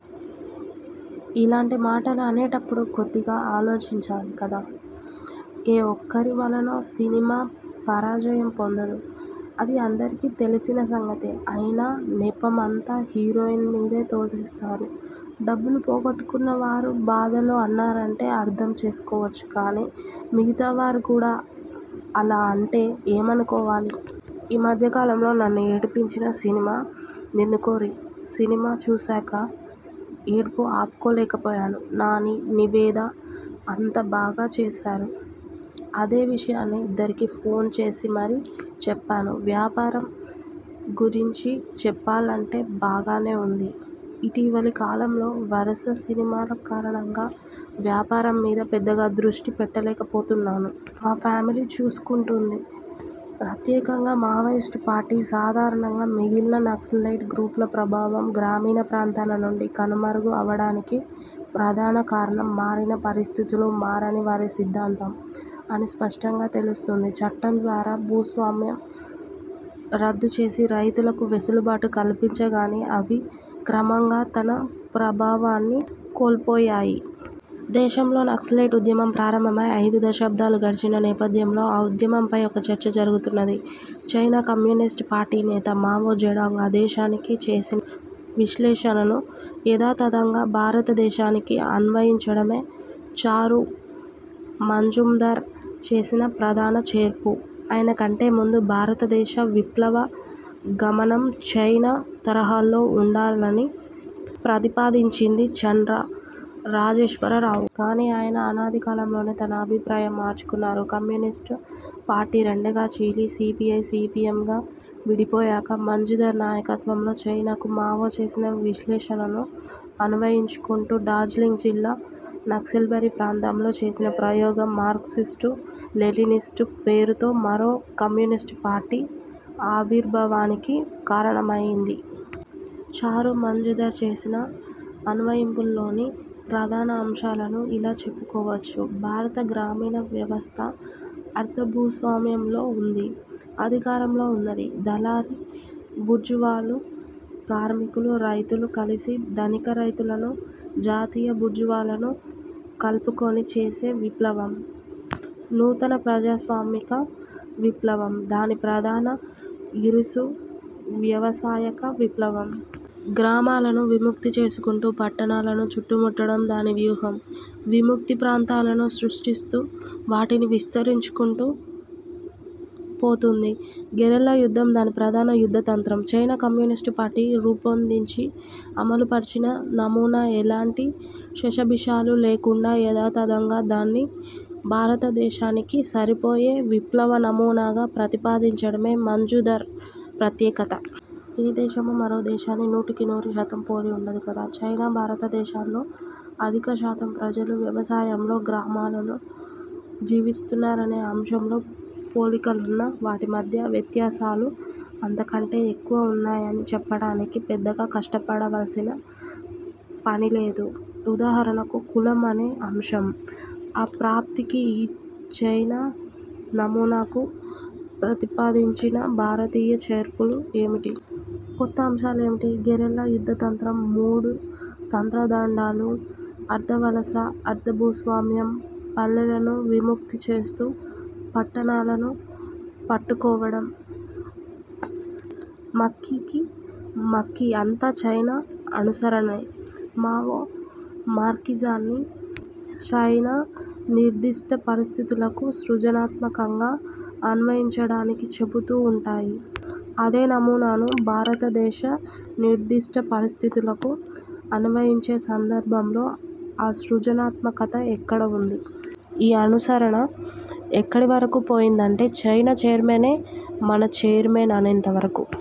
ఇలాంటి మాటలు అనేటప్పుడు కొద్దిగా ఆలోచించాలి కదా! ఏ ఒక్కరి వలనో సినిమా పరాజయం పొందదు. అది అందరికీ తెలిసిన సంగతే అయినా నెపం అంతా హీరోయిన్ మీదే తోసేస్తారు. డబ్బులు పోగొట్టుకున్న వారు బాధలో అన్నారంటే అర్థం చేసుకోవచ్చు కానీ మిగతా వారు కూడా అలా అంటే ఏమనుకోవాలి? ఈ మధ్య కాలంలో నన్ను ఏడిపించిన సినిమా'నిన్ను కోరి' సినిమా చూసాక ఏడుపు ఆపుకోలేకపోయాను. నాని, నివేదా అంత బాగా చేశారు. అదే విషయాన్ని ఇద్దరికీ ఫోన్ చేసి మరీ చెప్పాను. వ్యాపారం గురించి చెప్పాలంటేబాగానే ఉంది. ఇటీవలి కాలంలో వరుస సినిమాల కారణంగా వ్యాపారం మీద పెద్దగా దృష్టి పెట్టలేకపోతున్నాను. మా ఫ్యామిలీ చూసుకుంటోంది. ప్రత్యేకంగా మావోయిస్టు పార్టీ, సాధారణంగా మిగిలిన నక్సలైట్ గ్రూపుల ప్రభావం గ్రామీణ ప్రాంతాల నుండి కనుమరుగు అవ్వడానికి ప్రధానకారణం మారిన 'పరిస్థితులు' మారని వారి 'సిద్ధాంతం' అని స్పష్టంగా కన్పిస్తుంది. చట్టం ద్వారా భూస్వామ్యం రద్దు చేసి రైతులకు వెసులుబాటు కల్పించగానే అవి క్రమంగా తమ ప్రాభావాన్ని కోల్పోయాయి. దేశంలో నక్సలైట్ ఉద్యమం ప్రారంభమై ఐదు దశబ్దాలు గడిచిన నేపథ్యంలో, ఆ ఉద్యమంపై ఒక చర్చ జరుగుతున్నది. చైనా కమ్యూనిస్టు పార్టీ నేత మావో జెడాంగ్ ఆ దేశానికి చేసిన విశ్లేషణను యథాతథంగా భారతదేశానికి అన్వయించడమే చారు మజుందార్ చేసిన ప్రధాన చేర్పు. ఆయనకంటే ముందు భారతదేశ విప్లవ గమనం చైనా తరహాలో వుండాలని ప్రతిపాదించింది చండ్ర రాజేశ్వర రావు. కానీ ఆయన అనతికాలంలోనే తన అభిప్రాయం మార్చుకున్నారు. కమ్యూనిస్టు పార్టీ రెండుగా చీలి సీపీఐ, సీపీఎంగా విడిపోయాక, మజుందార్ నాయకత్వంలో చైనాకు మావో చేసిన విశ్లేషణను అన్వయించుకుంటూ డార్జిలింగ్ జిల్లా నక్సల్బరీ ప్రాంతంలో చేసిన ప్రయోగం 'మార్క్సిస్టు లెనినిస్ట్' పేరుతో మరో కమ్యూనిస్టుపార్టీ ఆవిర్భావానికి కారణమయ్యింది. చారు మజుందార్ చేసిన ఈ అన్వయింపులోని ప్రధాన అంశాలను ఇలా చెప్పుకోవచ్చు. భారత గ్రామీణ వ్యవస్థ అర్ధ భూస్వామ్యంలో వుంది. అధికారంలో వున్నది దళారీ బూర్జువాలు. కార్మికులు, రైతులు కలిసి ధనిక రైతులను, జాతీయ బూర్జువాలను కలుపుకొని చేసే విప్లవం 'నూతన ప్రజాస్వామిక విప్లవం'. దాని ప్రధాన 'ఇరుసు' వ్యవసాయక విప్లవం. గ్రామాలను విముక్తి చేసుకుంటూ పట్టణాలు చుట్టుముట్టడం దానివ్యూహం. 'విముక్తి' ప్రాంతాలను సృష్టిస్తూ వాటిని విస్తరించుకుంటూ పోతుంది. గెరిల్లా యుద్ధం దాని ప్రధాన యుద్ధ తంత్రం. చైనా కమ్యూనిస్టు పార్టీ రూపొందించి అమలుపర్చిన నమూనా ఎలాంటి శషబిషలు లేకుండా యథాతథంగా దాన్ని భారతదేశానికి సరిపోయే విప్లవనమూనాగా ప్రతిపాదించడమే మజుందార్ ప్రత్యేకత. ఏ దేశమూ మరోదేశాన్ని నూటికి నూరుశాతం పోలి వుండదు కదా?! చైనా- భారతదేశాలలో అధికశాతం ప్రజలు వ్యవసాయంలో, గ్రామాల్లో జీవిస్తున్నారనే అంశంలో పోలికవున్నా వాటి మధ్య వ్యత్యాసాలు అంతకంటే ఎక్కువ వున్నాయని చెప్పడానికీ పెద్దగా కష్టపడవలసిన పనిలేదు. ఉదాహరణకు 'కులం' అనే అంశం. ఆ ప్రాప్తికి ఈ చైనా నమూనాకు ప్రతిపాదించిన భారతీయ చేర్పులు ఏమిటి? కొత్తఅంశాలు ఏమిటి? గెరిల్లా యుద్ధతంత్రం, మూడు మంత్రదండాలు, అర్ధవలస – అర్ధ భూస్వామ్యం, పల్లెలను విముక్తి చేస్తూ పట్టణాలను పట్టుకోవడం, మక్కికి మక్కి అంతా చైనా అనుసరణే. మావో మార్క్సిజాన్ని చైనా నిర్దిష్ట పరిస్థితులకు సృజనాత్మకంగా అన్వయించడానికి చెపుతూ వుంటారు. అదే నమూనాను భారతదేశ నిర్దిష్ట పరిస్ధితులకు అన్వయించే సందర్భంలో ఆ 'సృజనాత్మకత' ఎక్కడ వుంది? ఈ అనుసరణ ఎక్కడి వరకు పోయిందంటే 'చైనా చైర్మనే మన చైర్మన్' అనేంత వరకు.